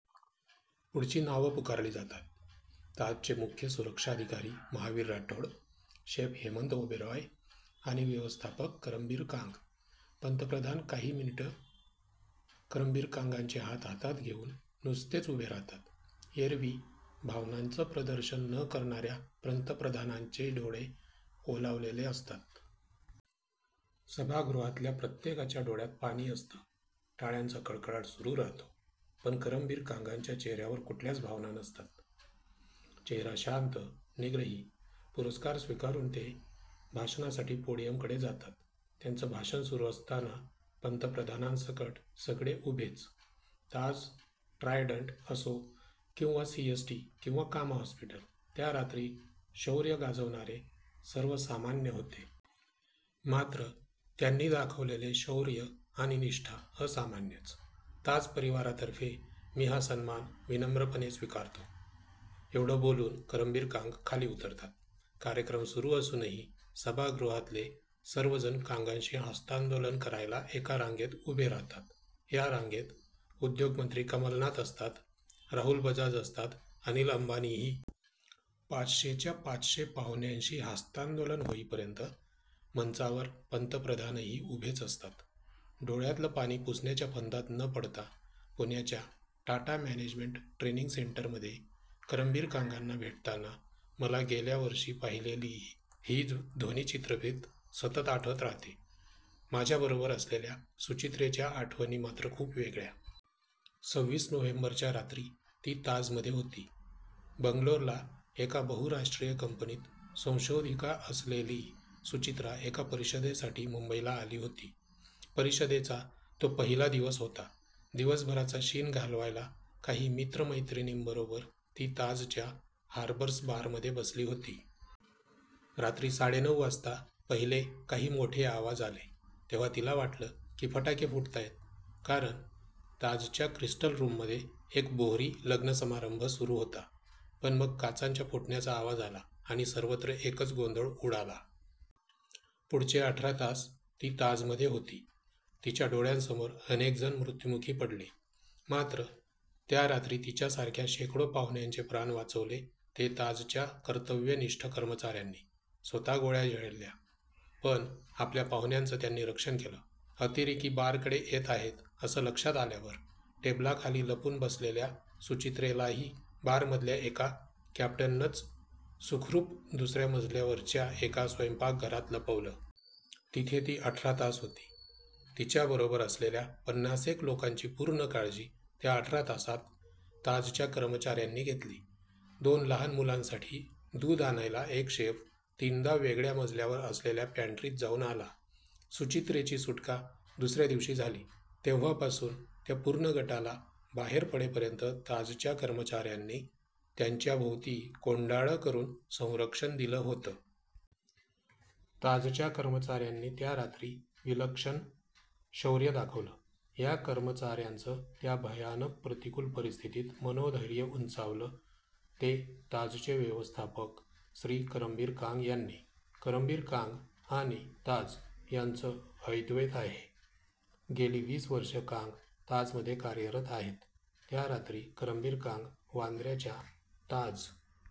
पुढची नावं पुकारली जातात. ताजचे मुख्य सुरक्षाधिकारी महावीर राठौड, शेफ हेमंत ओबेरॉय आणि व्यवस्थापक करमबीर कांग. पंतप्रधान काही मिनिटं करमबीर कांगांचे हात हातात घेऊन नुसतेच उभे राहतात. एरवी भावनांचं प्रदर्शन न करणाऱ्या पंतप्रधानांचे डोळे ओलावलेले असतात. सभागृहातल्या प्रत्येकाच्या डोळ्यात पाणी असतं. टाळ्यांचा कडकडाट सुरू राहतो. पण करमबीर कांगांच्या चेहऱ्यावर कुठल्याच भावना नसतात. चेहरा शांत, निग्रही. पुरस्कार स्वीकारून ते भाषणासाठी पोडियमकडे जातात. त्यांचं भाषण सुरू असताना पंतप्रधानांसकट सगळे उभेच. ताज-ट्रायडण्ट असो किंवा सीएसटी किंवा कामा हॉस्पिटल, त्या रात्री शौर्य गाजवणारे सर्व सामान्य होते. मात्र त्यांनी दाखवलेलं शौर्य आणि निष्ठा असामान्यच. ताज परिवारातर्फे मी हा सन्मान विनम्रपणे स्वीकारतो, एवढं बोलून करमबीर कांग खाली उतरतात. कार्यक्रम सुरू असूनही सभागृहातले सर्वजण कांगांशी हस्तांदोलन करायला एका रांगेत उभे राहतात. या रांगेत उद्योगमंत्री कमलनाथ असतात, राहुल बजाज असतात, अनिल अंबानीही. पाचशेच्या पाचशे पाहुण्यांशी हस्तांदोलन होईपर्यंत मंचावर पंतप्रधानही उभेच असतात. डोळ्यातलं पाणी पुसण्याच्या फंदात न पडता. पुण्याच्या टाटा मॅनेजमेंट ट्रेनिंग सेंटरमध्ये करमबीर कांगांना भेटताना मला गेल्या वर्षी पाहिलेली ही ध्वनिचित्रफीत सतत आठवत राहते. माझ्याबरोबर असलेल्या सुचित्रेच्या आठवणी मात्र खूप वेगळ्या. सव्वीस नोव्हेंबरच्या रात्री ती ताजमध्ये होती. बंगलोरला एका बहुराष्ट्रीय कंपनीत संशोधिका असलेली सुचित्रा एका परिषदेसाठी मुंबईला आली होती. परिषदेचा तो पहिला दिवस होता. दिवसभराचा शीण घालवायला काही मित्रमैत्रिणींबरोबर ती ताजच्या हार्बर्स बारमध्ये बसली होती. रात्री साडेनऊ वाजता पहिले काही मोठे आवाज आले, तेव्हा तिला वाटलं की फटाके फुटतायेत, कारण ताजच्या क्रिस्टल रूममध्ये एक बोहरी लग्नसमारंभ सुरू होता. पण मग काचांच्या फुटण्याचा आवाज आला, आणि सर्वत्र एकच गोंधळ उडाला. पुढचे अठरा तास ती ताजमध्ये होती. तिच्या डोळ्यांसमोर अनेकजण मृत्युमुखी पडले. मात्र त्या रात्री तिच्यासारख्या शेकडो पाहुण्यांचे प्राण वाचवले ते ताजच्या कर्तव्यनिष्ठ कर्मचाऱ्यांनी. स्वतः गोळ्या झेलल्या, पण आपल्या पाहुण्यांचं त्यांनी रक्षण केलं. अतिरेकी बारकडे येत आहेत असं लक्षात आल्यावर टेबलाखाली लपून बसलेल्या सुचित्रेलाही बारमधल्या एका कॅप्टननंच सुखरूप दुसऱ्या मजल्यावरच्या एका स्वयंपाकघरात लपवलं. तिथे ती अठरा तास होती. तिच्याबरोबर असलेल्या पन्नासेक लोकांची पूर्ण काळजी त्या अठरा तासांत ताजच्या कर्मचाऱ्यांनी घेतली. दोन लहान मुलांसाठी दूध आणायला एक शेफ तीनदा वेगळ्या मजल्यावर असलेल्या पॅन्ट्रीत जाऊन आला. सुचित्रेची सुटका दुसऱ्या दिवशी झाली तेव्हासुद्धा त्या पूर्ण गटाला बाहेर पडेपर्यंत ताजच्या कर्मचाऱ्यांनी त्यांच्याभोवती कोंडाळं करून संरक्षण दिलं होतं. ताजच्या कर्मचाऱ्यांनी त्या रात्री विलक्षण शौर्य दाखवलं. या कर्मचाऱ्यांचं त्या भयानक प्रतिकूल परिस्थितीत मनोधैर्य उंचावलं ते ताजचे व्यवस्थापक श्री. करमबीर कांग यांनी. करमबीर कांग आणि ताज यांचं अद्वैत आहे. गेली वीस वर्षं कांग ताजमध्ये कार्यरत आहेत. त्या रात्री करमबीर कांग वांद्र्याच्या ताज